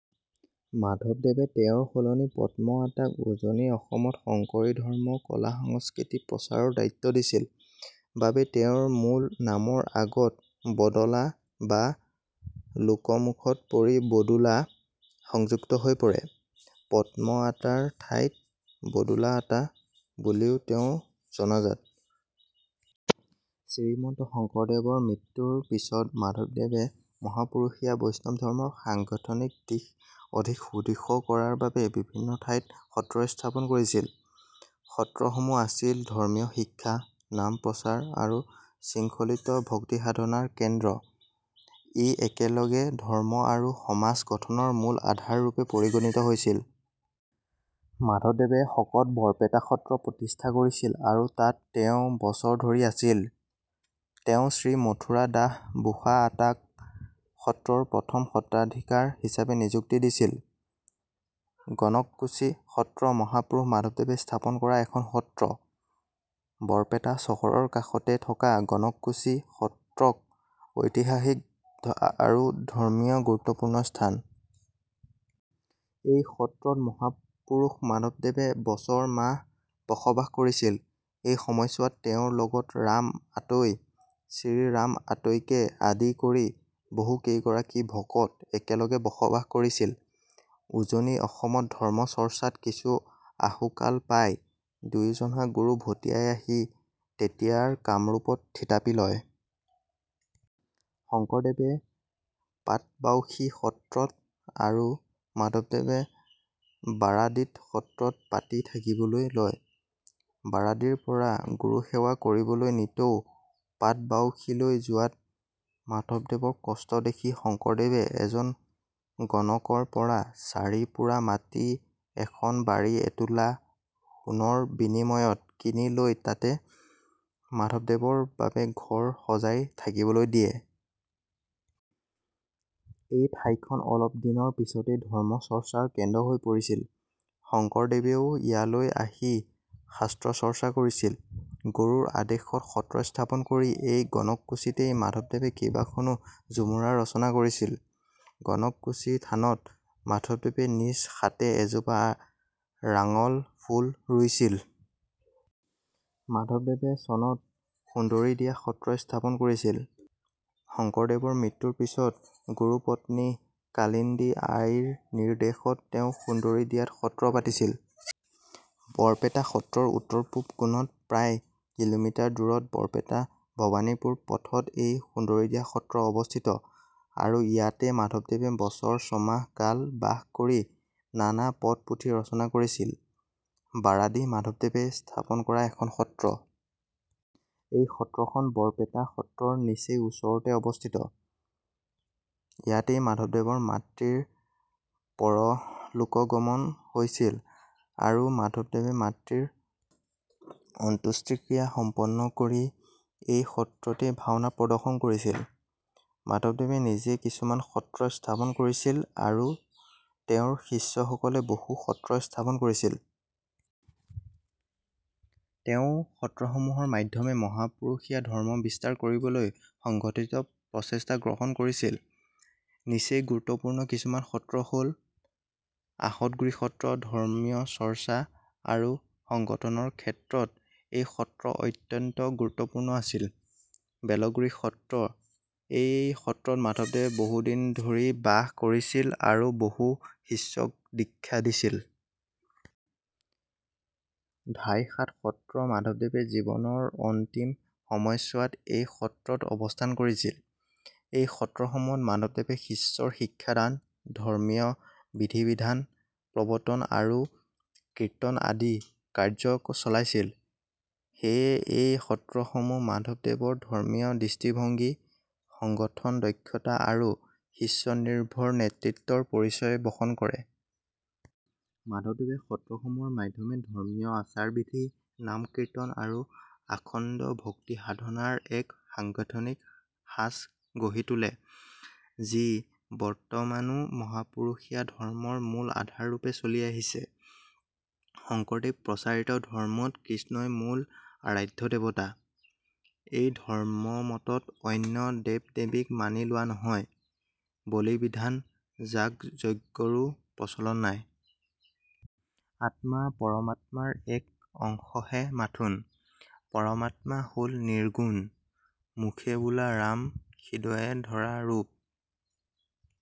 মাধবদেৱে তেওঁৰ সলনি পদ্ম আতাক উজনি অসমত শংকৰী ধৰ্ম-কলা-সংস্কৃতি প্ৰচাৰৰ দায়িত্ব দিছিল বাবে তেওঁৰ মূল নামৰ আগত "বদলা'' বা লোকমুখত পৰি "বদুলা'' সংযুক্ত হৈ পৰে। পদ্ম আতাৰ ঠাইত "বদুলা আতা'' বুলিও তেওঁ জনাজাত।। শ্ৰীমন্ত শংকৰদেৱৰ মৃত্যুৰ পিছত মাধৱদেৱে মহাপুৰুষীয়া বৈষ্ণৱ ধৰ্মৰ সাংগঠনিক দিশ অধিক সুদৃঢ় কৰাৰ বাবে বিভিন্ন ঠাইত সত্ৰ স্থাপন কৰিছিল। সত্ৰসমূহ আছিল ধৰ্মীয় শিক্ষা, নাম-প্ৰচাৰ আৰু শৃংখলিত ভক্তিসাধনাৰ কেন্দ্ৰ। ই একেলগে ধৰ্ম আৰু সমাজ গঠনৰে মূল আধাৰ ৰূপে পৰিগণিত হৈছিল। মাধৱদেৱে শকত বৰপেটা সত্ৰ প্ৰতিষ্ঠা কৰিছিল আৰু তাত তেওঁ বছৰ ধৰি আছিল। তেওঁ শ্ৰীমথুৰা দাস বুঢ়া আতা ক সত্ৰৰ প্ৰথম সত্ৰাধিকাৰ হিচাপে নিযুক্তি দিছিল। গণককুছি সত্ৰ মহাপুৰুষ মাধৱদেৱে স্থাপন কৰা এখন সত্ৰ। বৰপেটা চহৰৰ কাষতে থকা গণককুছি সত্ৰ এক ঐতিহাসিক আৰু ধৰ্মীয় গুৰুত্বপূৰ্ণ স্থান। এই সত্ৰত মহাপুৰুষ মাধৱদেৱে বছৰ মাহ বসবাস কৰিছিল। সেই সময়ছোৱাত তেওঁৰ লগত ৰাম আতৈ, শ্ৰীৰাম আতৈকে আদি কৰি বহুকেইগৰাকী ভকত একেলগে বসবাস কৰিছিল। উজনি অসমত ধৰ্ম চৰ্চাত কিছু আহুকাল পাই দুয়োজনা গুৰু ভটিয়াই আহি তেতিয়াৰ কামৰূপত থিতাপি লয়। শংকৰদেৱে পাটবাউসী সত্ৰ ত আৰু মাধবদেৱে বাৰাদিত সত্ৰ পাতি থাকিবলৈ লয়। বাৰাদিৰ পৰা গুৰুসেৱা কৰিবলৈ নিতৌ পাটবাউসীলৈ যোৱাত মাধবদেৱৰ কষ্ট দেখি শংকৰদেৱে এজন গণকৰ পৰা চাৰি পুৰা মাটিৰ এখন বাৰী এতোলা সোণৰ বিনিময়ত কিনি লৈ তাতে মাধবদেৱৰ বাবে ঘৰ সজাই থাকিবলৈ দিয়ে। এই ঠাইখন অলপ দিনৰ পিছতেই ধৰ্ম চৰ্চাৰ কেন্দ্ৰ হৈ পৰিছিল। শংকৰদেৱেও ইয়ালৈ আহি শাস্ত্ৰচৰ্চা কৰিছিল। গুৰুৰ আদেশত সত্ৰ স্থাপন কৰি এই গণককুছিতেই মাধবদেৱে কেইবাখনো ঝুমুৰা ৰচনা কৰিছিল। গণককুছি থানত মাধৱদেৱে নিজ হাতে এজোপা ৰাঙল ফুল ৰুইছিল। মাধৱদেৱে চনত সুন্দৰীদিয়া সত্ৰ স্থাপন কৰিছিল৷ শংকৰদেৱৰ মৃত্যুৰ পিছত গুৰুপত্নী কালিন্দী আইৰ নিৰ্দেশত তেওঁ সুন্দৰীদিয়াত সত্ৰ পাতিছিল। বৰপেটা সত্ৰৰ উত্তৰ পূব কোণত প্ৰায় কিলোমিটাৰ দূৰত বৰপেটা ভবানীপুৰ পথত এই সুন্দৰীদিয়া সত্ৰ অৱস্থিত আৰু ইয়াতে মাধবদেৱে বছৰ ছমাহ কাল বাস কৰি নানা পদ-পুথি ৰচনা কৰিছিল৷ বাৰাদি মাধৱদেৱে স্থাপন কৰা এখন সত্ৰ। এই সত্ৰখন বৰপেটা সত্ৰৰ নিচেই ওচৰতে অৱস্থিত। ইয়াতেই মাধৱদেৱৰ মাতৃৰ পৰলোকগমন হৈছিল আৰু মাধৱদেৱে মাতৃৰ অন্ত্যোষ্টিক্ৰিয়া সম্পন্ন কৰি এই সত্ৰতেই ভাওনা প্ৰদৰ্শন কৰিছিল। মাধৱদেৱে নিজে কিছুমান সত্ৰ স্থাপন কৰিছিল আৰু তেওঁৰ শিষ্যসকলে বহু সত্ৰ স্থাপন কৰিছিল। তেওঁ সত্ৰসমূহৰ মাধ্যমে মহাপুৰুষীয়া ধৰ্ম বিস্তাৰ কৰিবলৈ সংগঠিত প্ৰচেষ্টা গ্ৰহণ কৰিছিল। নিচেই গুৰুত্বপূৰ্ণ কিছুমান সত্ৰ হ'ল— আহতগুৰি সত্ৰ ধৰ্মীয় চৰ্চা আৰু সংগঠনৰ ক্ষেত্ৰত এই সত্ৰ অত্যন্ত গুৰুত্বপূৰ্ণ আছিল। বেলগুৰি সত্ৰ এই সত্ৰত মাধৱদেৱে বহুদিন ধৰি বাস কৰিছিল আৰু বহু শিষ্যক দীক্ষা দিছিল। ধাইহাট সত্ৰ মাধৱদেৱে জীবনৰ অন্তিম সময়চোৱাত এই সত্ৰত অৱস্থান কৰিছিল। এই সত্ৰসমূহত মাধৱদেৱে শিষ্যৰ শিক্ষাদান, ধৰ্মীয় বিধিবিধান প্ৰৱৰ্তন আৰু কীৰ্তন আদি কাৰ্য চলাইছিল। সেয়ে এই সত্ৰসমূহ মাধৱদেৱৰ ধৰ্মীয় দৃষ্টিভংগী, সংগঠন দক্ষতা আৰু শিষ্যনিৰ্ভৰ নেতৃত্বৰ পৰিচয় বহন কৰে। মাধৱদেৱে সত্ৰসমূহৰ মাধ্যমে ধৰ্মীয় আচাৰ-বিধি, নাম-কীৰ্তন আৰু আখণ্ড ভক্তিসাধনাৰ এক সাংগঠনিক সাঁচ গঢ়ি তোলে, যি বৰ্তমানো মহাপুৰুষীয়া ধৰ্মৰ মূল আধাৰ ৰূপে চলি আহিছে। শংকৰদেৱ প্ৰচাৰিত ধৰ্মত কৃষ্ণই মূল আৰাধ্য দেৱতা। এই ধৰ্মমতত অন্য দেৱ-দেৱীক মানি লোৱা নহয়, বলি-বিধান, যাগ-যজ্ঞৰো প্ৰচলন নাই। আত্মা পৰমাত্মাৰ এক অংশহে মাথোন। পৰমাত্মা হ'ল নিৰ্গুণ। "মুখে বোলা ৰাম, হৃদয়ে ধৰা ৰূপ।